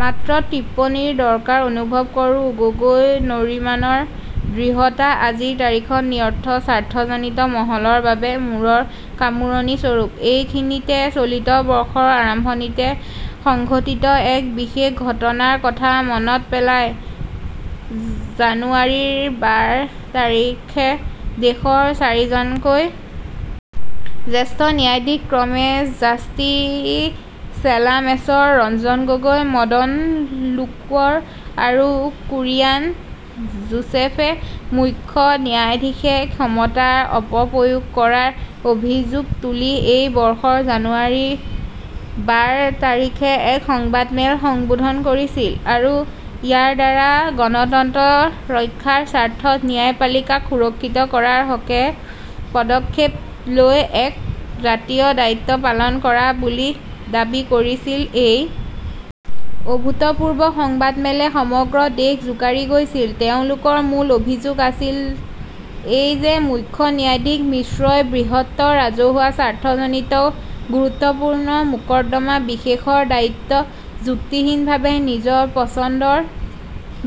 মাত্ৰ টিপ্পনীৰ দৰকাৰ অনুভৱ কৰোঁ। গগৈ নৰিমানৰ দৃঢ়তা আজিৰ তাৰিখত ন্যৰ্থ স্বাৰ্থজড়িত মহলৰ বাবে মূৰৰ কামোৰনি স্বৰূপ। এইখিনিতে চলিত বৰ্ষৰ আৰম্ভণিতে সংঘটিত এক বিশেষ ঘটনাৰ কথা মনত পেলায়, জানুৱাৰিৰ বাৰ তাৰিখে দেশৰ চাৰিজনকৈ জ্যেষ্ঠ ন্যায়াধীশ ক্ৰমে জাষ্টি চেলামেশ্বৰ, ৰঞ্জন গগৈ, মদন লোকৰ আৰু কুৰিয়ান জোচেফে মুখ্য ন্যায়াধীশে ক্ষমতাৰ অপপ্ৰয়োগ কৰাৰ অভিযোগ তুলি এই বৰ্ষৰ জানুৱাৰিৰ বাৰ তাৰিখে এক সংবাদমেল সম্বোধন কৰিছিল আৰু ইয়াৰ দ্বাৰা গণতন্ত্ৰ ৰক্ষাৰ স্বাৰ্থত ন্যায়পালিকাক সুৰক্ষিত কৰাৰ হকে পদক্ষেপ লৈ এক জাতীয় দায়িত্ব পালন কৰা বুলি দাবী কৰিছিল।‌এই অভূতপূৰ্ব সংবাদমেলে সমগ্ৰ দেশ জোকাৰি গৈছিল। তেওঁলোকৰ মূল অভিযোগ আছিল এই যে মুখ্য ন্যায়াধীশ মিশ্ৰই বৃ্হত্তৰ ৰাজহুৱা স্বাৰ্থজজনিত গুৰুত্বপূৰ্ণ মোকদৰ্মা বিশেষৰ দায়িত্ব যুক্তিহীনভাৱে নিজৰ পচন্দৰ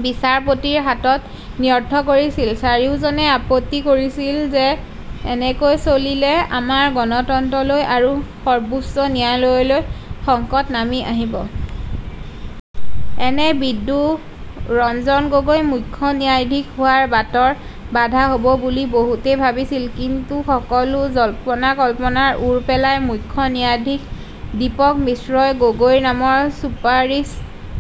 বিচাৰপতিৰ হাতত ন্যৰ্থ কৰিছিল। চাৰিওজনে আপত্তি কৰিছিল যে এনেকৈ চলিলে আমাৰ গণতন্ত্ৰলৈ আৰু সৰ্বোচ্চ ন্যায়ালয়লৈ সংকট নামি আহিব। এনে বিদ্ৰোহ ৰঞ্জন গগৈ মুখ্য ন্যায়াধীশ হোৱাৰ বাটৰ বাধা হব বুলি বহুতেই ভাবিছিল কিন্তু সকলো জল্পনাকল্পনাৰ ওৰ পেলাই মুখ্য ন্যায়াধীশ দীপক মিশ্ৰই গগৈৰ নাম চুপাৰিছ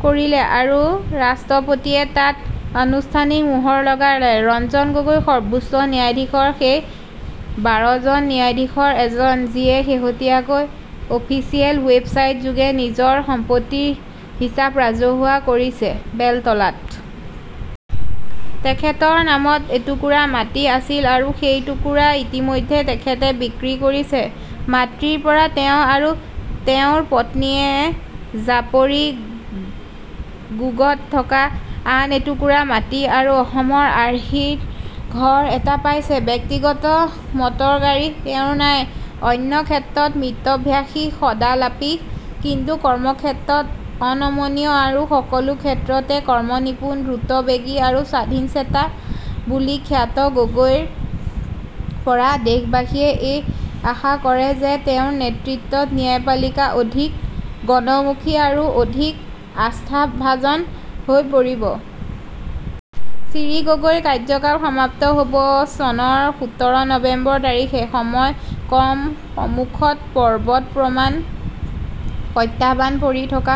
কৰিলে আৰু ৰাষ্ট্ৰপতিয়ে তাত আনুষ্ঠানিক মোহৰ লগালে। ৰঞ্জন গগৈ সৰ্বোচ্চ ন্যায়ধীশৰ সেই বাৰজন ন্যায়াধীশৰ এজন, যিয়ে শেহতীয়াকৈ অফিচিয়েল ৱেবছাইট্ যোগে নিজৰ সম্পত্তিৰ হিচাপ ৰাজহুৱা কৰিছে।‌বেলতলাত তেখেতৰ নামত এটুকুৰা মাটি আছিল আৰু সেইটুকুৰা ইতিমধ্যেই তেখেতে বিক্ৰী কৰিছে।‌ মাতৃৰ পৰা তেওঁ আৰু তেওঁৰ পত্নীয়ে জাপৰিগোগত থকা আন এটুকুৰা মাটি আৰু অসম আৰ্হিৰ ঘৰ এটা পাইছে। ব্যক্তিগত মটৰগাড়ী তেওঁৰ নাই। অন্যক্ষেত্ৰত মিতভাষী সদালাপী কিন্তু কৰ্মক্ষেত্ৰত অনমনীয় আৰু সকলো ক্ষেত্ৰতে কৰ্মনিপুণ দ্ৰুতবেগী আৰু স্বাধীনচেতা বুলি খ্যাত গগৈৰ পৰা দেশবাসীয়ে এই আশা কৰে যে তেওঁৰ নেতৃত্বত ন্যায়পালিকা অধিক গণমুখী আৰু অধিক আস্থাভাজন হৈ পৰিব। শ্ৰী গগৈৰ কাৰ্যকাল সমাপ্ত হব চনৰ সোতৰ নৱেম্বৰ তাৰিখে। সময় কম সমুখত পৰ্বতপ্ৰমাণ প্ৰত্যাহ্বান পৰি থকা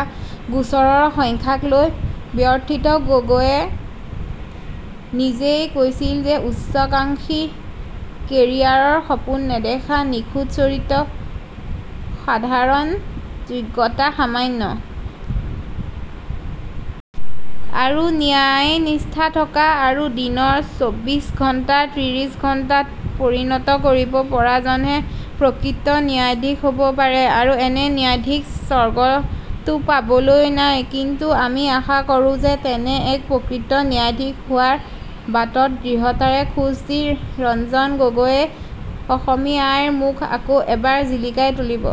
গোচৰৰ সংখ্যাক লৈ ব্যৰথীত গগৈয়ে নিজেই কৈছিল যে, উচ্চকাংক্ষী কেৰিয়াৰৰ সপোন নেদেখা নিখুঁত চৰিত্ৰ অসাধাৰণ যোগ্যতা সামৰ্থ্য আৰু ন্যায়নিষ্ঠা থকা আৰু দিনৰ চব্বিশ ঘণ্টাক ত্ৰিশ ঘণ্টাত পৰিণত কৰিব পৰাজনহে প্ৰকৃত ন্যায়াধীশ হব পাৰে আৰু এনে ন্যায়াধীশ স্বৰ্গতো পাবলৈ নাই কিন্তু আমি আশা কৰোঁ যে তেনে এক প্ৰকৃত ন্যায়াধীশ হোৱাৰ বাটত দৃঢ়তাৰে খোজ দি ৰঞ্জন গগৈয়ে অসমী আইৰ মুখ আকৌ এবাৰ জিলিকাই তুলিব।